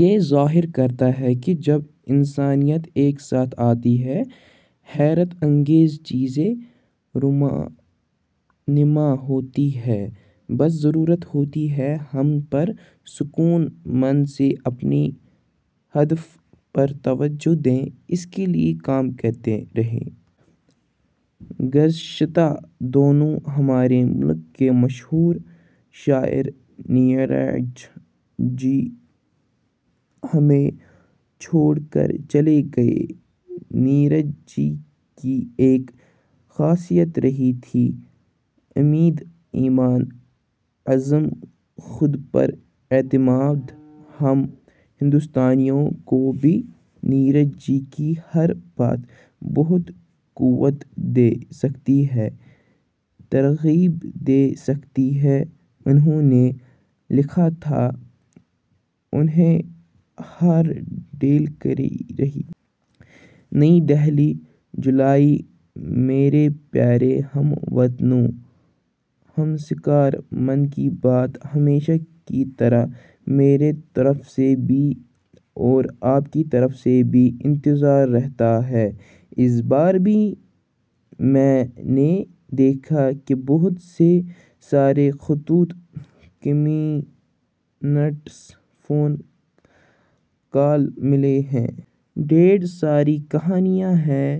یہ ظاہر کرتا ہے کہ جب انسانیت ایک ساتھ آتی ہے، حیرت انگیز چیزیں رونما ہوتی ہیں۔ بس ضرورت ہوتی ہے ہم پرسکون من سے اپنے ہدف پر توجہ دیں، اس کے لیے کام کرتے رہیں۔ گزشتہ دنوں ہمارے ملک کے مشہور شاعر نیرج جی ہمیں چھوڑ کر چلے گئے۔ نیرج جی کی ایک خاصیت رہی تھی – امید، ایمان، عزم، خود پر اعتماد۔ ہم ہندوستانیوں کو بھی نیرج جی کی ہر بات بہت قوت دے سکتی ہے، ترغیب دے سکتی ہے – انہوں نے لکھا تھا – 'اندھیار ڈھل کر ہی. نئی دہلی، جولائی/ میرے پیارے ہم وطنو، نمسکار! 'من کی بات' ہمیشہ کی طرح میری طرف سے بھی اور آپ کی طرف سے بھی انتظار رہتا ہے۔ اس بار بھی میں نے دیکھا کہ بہت سے سارے خطوط، کمینٹس، فون کال ملے ہیں۔ ڈھیرے ساری کہانیاں ہیں،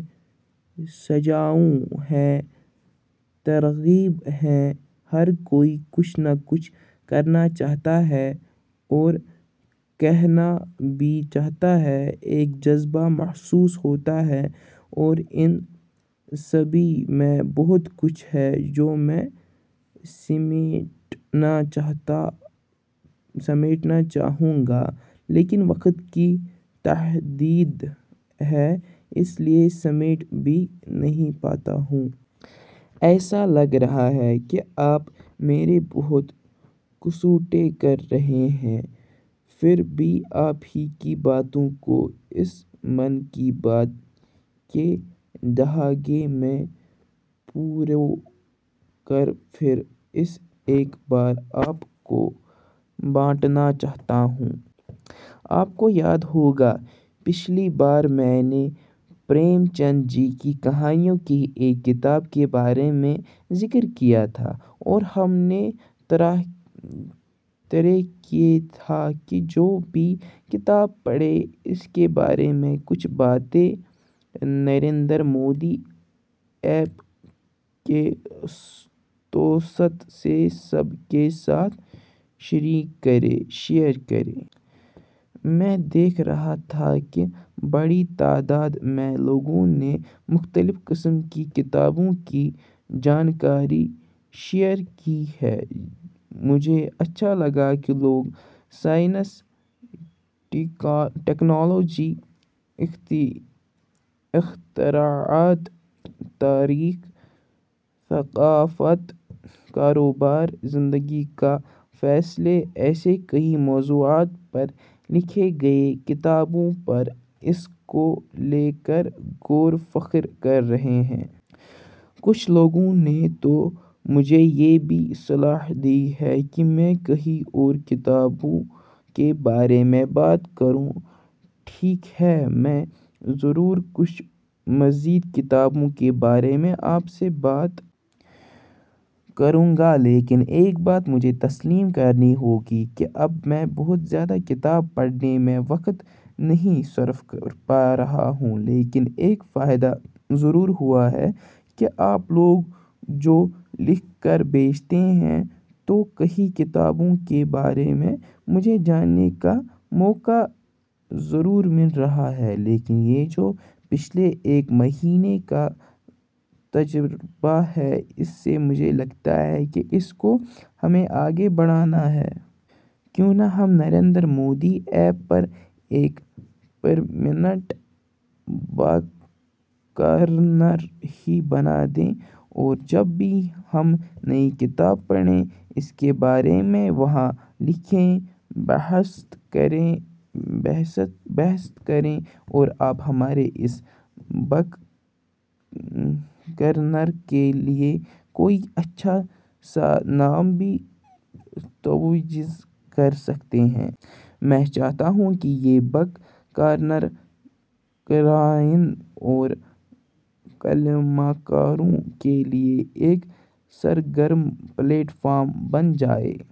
سجھاؤ ہیں، ترغیب ہیں، ہر کوئی کچھ نہ کچھ کرنا چاہتا ہے اور کہنا بھی چاہتا ہے۔ ایک جذبہ محسوس ہوتا ہے اور ان سبھی میں بہت کچھ ہے جو میں سمیٹنا چاہوں گا لیکن وقت کی تحدید ہے اس لیے سمیٹ بھی نہیں پاتا ہوں۔ ایسا لگ رہا ہے کہ آپ میری بہت کسوٹی کر رہے ہیں۔ پھر بھی آپ ہی کی باتوں کو اس 'من کی بات' کے دھاگے میں پروکر پھر سے ایک بار آپ کو بانٹنا چاہتا ہوں۔ آپ کو یاد ہوگا پچھلی بار میں نے پریم چند جی کی کہانیوں کی ایک کتاب کے بارے میں ذکر کیا تھا اور ہم نے طے کیا تھا کہ جو بھی کتاب پڑھے اس کے بارے میں کچھ باتیں نریندر مودی ایپ کے توسط سے سب کے ساتھ شیئر کریں۔ میں دیکھ رہا تھا کہ بڑی تعداد میں لوگوں نے مختلف قسم کی کتابوں کی جانکاری شیئر کی ہیں۔ مجھے اچھا لگا کہ لوگ سائنس، ٹیکنالوجی، اختراعات، تاریخ، ثقافت، کاروبار، زندگی کا فلسفہ ایسےکئی موضوعات پر لکھی گئی کتابوں پر اور اس کو لے کر غور وفکر کر رہے ہیں۔ کچھ لوگوں نے تو مجھے یہ بھی صلاح دی ہے کہ میں کئی اور کتابوں کے بارے میں بات کروں۔ ٹھیک ہے! میں ضرور کچھ مزید کتابوں کے بارے میں آپ سے بات کروں گا لیکن ایک بات مجھے تسلیم کرنی ہوگی کہ اب میں بہت زیادہ کتاب پڑھنے میں وقت نہیں صرف کر پا رہا ہوں لیکن ایک فائدہ ضرور ہوا ہے کہ آپ لوگ جو لکھ کر بھیجتے ہیں تو کئی کتابوں کے بارے میں مجھے جاننے کا موقع ضرور مل رہا ہے لیکن یہ جو پچھلے ایک مہینے کا تجربہ ہے اس سے مجھے لگتا ہے کہ اس کو ہمیں آگے بڑھانا ہے۔ کیوں نہ ہم نریندر مودی ایپ پر ایک پرماننٹ بک کارنر ہی بنا دیں۔ اور جب بھی ہم نئی کتاب پڑھیں اس کے بارے میں وہاں لکھیں، بحث کریں اور آپ ہمارے اس بک کارنر کے لیے کوئی اچھا سا نام بھی تجویز کرسکتے ہیں۔ میں چاہتا ہوں کہ یہ بک کارنر قارئین اور قلمکاروں کے لیے ایک سرگرم پلیٹ فارم بن جائے۔